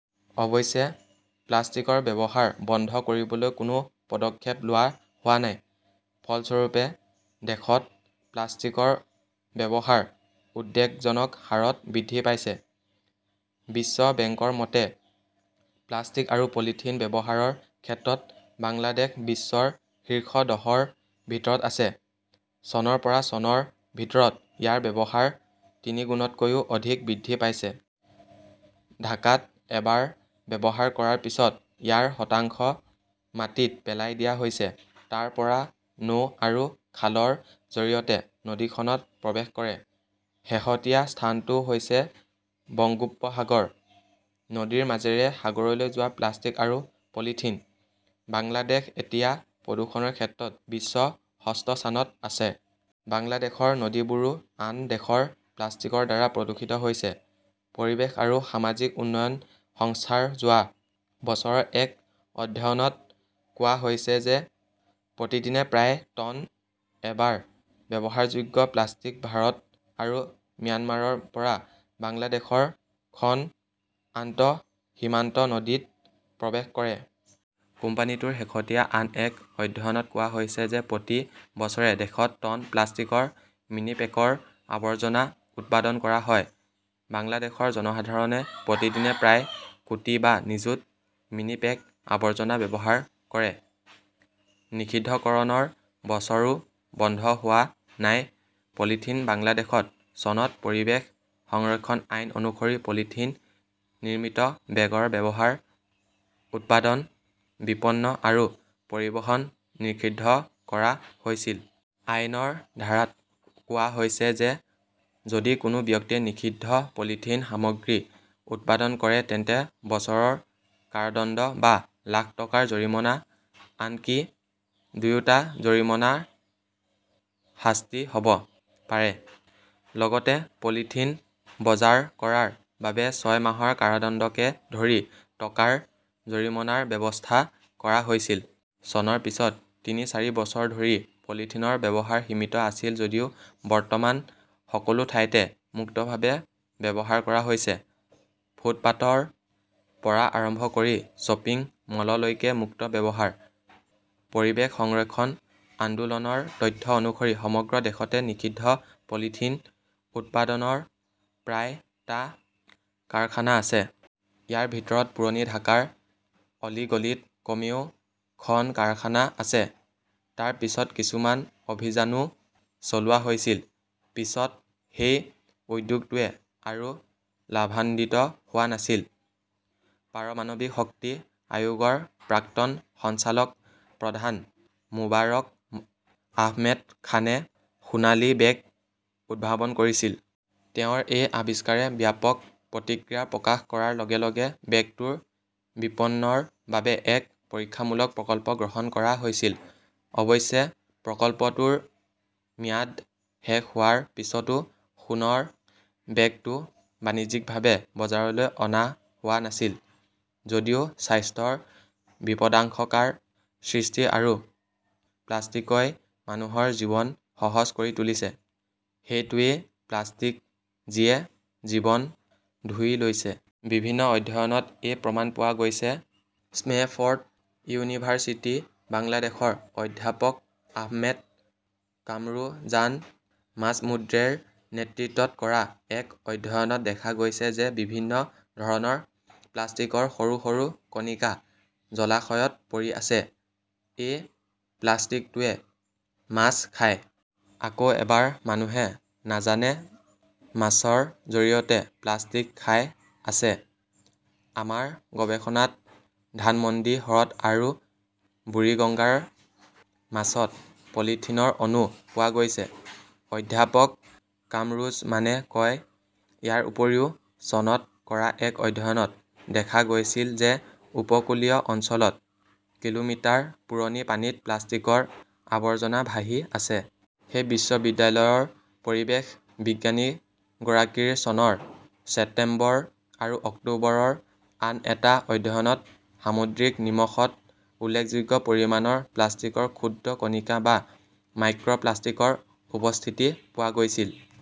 অৱশ্যে, প্লাষ্টিকৰ ব্যৱহাৰ বন্ধ কৰিবলৈ কোনো পদক্ষেপ লোৱা হোৱা নাই। ফলস্বৰূপে, দেশত প্লাষ্টিকৰ ব্যৱহাৰ উদ্বেগজনক হাৰত বৃদ্ধি পাইছে। বিশ্ব বেংকৰ মতে, প্লাষ্টিক আৰু পলিথিন ব্যৱহাৰৰ ক্ষেত্ৰত বাংলাদেশ বিশ্বৰ শীৰ্ষ দহৰ ভিতৰত আছে। চনৰ পৰা চনৰ ভিতৰত ইয়াৰ ব্যৱহাৰ তিনিগুণতকৈও অধিক বৃদ্ধি পাইছে। ঢাকাত এবাৰ ব্যৱহাৰ কৰাৰ পিছত ইয়াৰ শতাংশ মাটিত পেলাই দিয়া হৈছে। তাৰ পৰা নৈ আৰু খালৰ জৰিয়তে নদীখনত প্ৰৱেশ কৰে। শেহতীয়া স্থানটো হৈছে বংগোপসাগৰ। নদীৰ মাজেৰে সাগৰলৈ যোৱা প্লাষ্টিক আৰু পলিথিন। বাংলাদেশ এতিয়া প্ৰদূষণৰ ক্ষেত্ৰত বিশ্বৰ ষষ্ঠ স্থানত আছে। বাংলাদেশৰ নদীবোৰো আন দেশৰ প্লাষ্টিকৰ দ্বাৰা প্ৰদূষিত হৈছে। পৰিৱেশ আৰু সামাজিক উন্নয়ন সংস্থাৰ যোৱা বছৰৰ এক অধ্যয়নত কোৱা হৈছে যে প্ৰতিদিনে প্ৰায় টন এবাৰ ব্যৱহাৰযোগ্য প্লাষ্টিক ভাৰত আৰু ম্যানমাৰৰ পৰা বাংলাদেশৰ খন আন্তঃসীমান্ত নদীত প্ৰৱেশ কৰে। কোম্পানীটোৰ শেহতীয়া আন এক অধ্যয়নত কোৱা হৈছে যে প্ৰতি বছৰে দেশত টন প্লাষ্টিকৰ মিনিপেকৰ আৱৰ্জনা উৎপাদন কৰা হয়। বাংলাদেশৰ জনসাধাৰণে প্ৰতিদিনে প্ৰায় কোটি বা নিযুত মিনিপেক আৱৰ্জনা ব্যৱহাৰ কৰে। নিষিদ্ধকৰণৰ বছৰো বন্ধ হোৱা নাই পলিথিন বাংলাদেশত চনত পৰিৱেশ সংৰক্ষণ আইন- অনুসৰি পলিথিন নিৰ্মিত বেগৰ ব্যৱহাৰ, উৎপাদন, বিপণন আৰু পৰিবহণ নিষিদ্ধ কৰা হৈছিল। আইনৰ ধাৰাত কোৱা হৈছে যে যদি কোনো ব্যক্তিয়ে নিষিদ্ধ পলিথিন সামগ্ৰী উৎপাদন কৰে তেন্তে বছৰৰ কাৰাদণ্ড বা লাখ টকাৰ জৰিমনা, আনকি দুয়োটা জৰিমনাৰ শাস্তি হ 'ব পাৰে। লগতে পলিথিন বজাৰ কৰাৰ বাবে ছয় মাহৰ কাৰাদণ্ডকে ধৰি টকাৰ জৰিমনাৰ ব্যৱস্থা কৰা হৈছিল। চনৰ পিছত তিনি-চাৰি বছৰ ধৰি পলিথিনৰ ব্যৱহাৰ সীমিত আছিল যদিও বৰ্তমান সকলো ঠাইতে মুক্তভাৱে ব্যৱহাৰ কৰা হৈছে। ফুটপাতৰ পৰা আৰম্ভ কৰি শ্বপিং মললৈকে মুক্ত ব্যৱহাৰ। পৰিৱেশ সংৰক্ষণ আন্দোলনৰ তথ্য অনুসৰি সমগ্ৰ দেশতে নিষিদ্ধ পলিথিন উৎপাদনৰ প্ৰায় টা কাৰখানা আছে। ইয়াৰ ভিতৰত পুৰণি ঢাকাৰ অলিগলীত কমেও খন কাৰখানা আছে। তাৰ পিছত কিছুমান অভিযানও চলোৱা হৈছিল। পিছত সেই উদ্যোগটোৱে আৰু লাভান্বিত হোৱা নাছিল। পাৰমাণৱিক শক্তি আয়োগৰ প্ৰাক্তন সঞ্চালক প্ৰধান মোবাৰক আহমেদ খানে সোণালী বেগ উদ্ভাৱন কৰিছিল। তেওঁৰ এই আৱিষ্কাৰে ব্যাপক প্ৰতিক্ৰিয়া প্ৰকাশ কৰাৰ লগে লগে বেগটোৰ বিপণনৰ বাবে এক পৰীক্ষামূলক প্ৰকল্প গ্ৰহণ কৰা হৈছিল। অৱশ্যে, প্ৰকল্পটোৰ ম্যাদ শেষ হোৱাৰ পিছতো সোণৰ বেগটো বাণিজ্যিকভাৱে বজাৰলৈ অনা হোৱা নাছিল। যদিও স্বাস্থ্যৰ বিপদাশংকাৰ সৃষ্টি কৰা প্লাষ্টিকই মানুহৰ জীৱন সহজ কৰি তুলিছে, সেইটোৱেই প্লাষ্টিক যিয়ে জীৱন ধুই লৈছে। বিভিন্ন অধ্যয়নত এই প্ৰমাণ পোৱা গৈছে। ষ্টেমফৰ্ড ইউনিভাৰ্চিটি বাংলাদেশৰ অধ্যাপক আহমেদ কামৰুজান মাজমুদ্ৰেৰ নেতৃত্বত কৰা এক অধ্যয়নত দেখা গৈছে যে বিভিন্ন ধৰণৰ প্লাষ্টিকৰ সৰু সৰু কণিকা জলাশয়ত পৰি আছে। এই প্লাষ্টিকটোৱে মাছ খায়। আকৌ এবাৰ মানুহে নাজানে মাছৰ জৰিয়তে প্লাষ্টিক খাই আছে। আমাৰ গৱেষণাত ধানমন্ডি হ্ৰদ আৰু বুৰিগঙ্গাৰ মাছত পলিথিনৰ অণু পোৱা গৈছে, অধ্যাপক কামৰুজ্জমানে কয় ইয়াৰ উপৰিও চনত কৰা এক অধ্যয়নত দেখা গৈছিল যে উপকূলীয় অঞ্চলত কিলোমিটাৰ পুৰণি পানীত প্লাষ্টিকৰ আৱৰ্জনা ভাহি আছে। সেই বিশ্ববিদ্যালয়ৰ পৰিৱেশ বিজ্ঞানীগৰাকীৰ চনৰ ছেপ্টেম্বৰ আৰু অক্টোবৰৰ আন এটা অধ্যয়নত সামুদ্ৰিক নিমখত উল্লেখযোগ্য পৰিমাণৰ প্লাষ্টিকৰ ক্ষুদ্ৰ কণিকা বা মাইক্ৰ প্লাষ্টিকৰ উপস্থিতি পোৱা গৈছিল।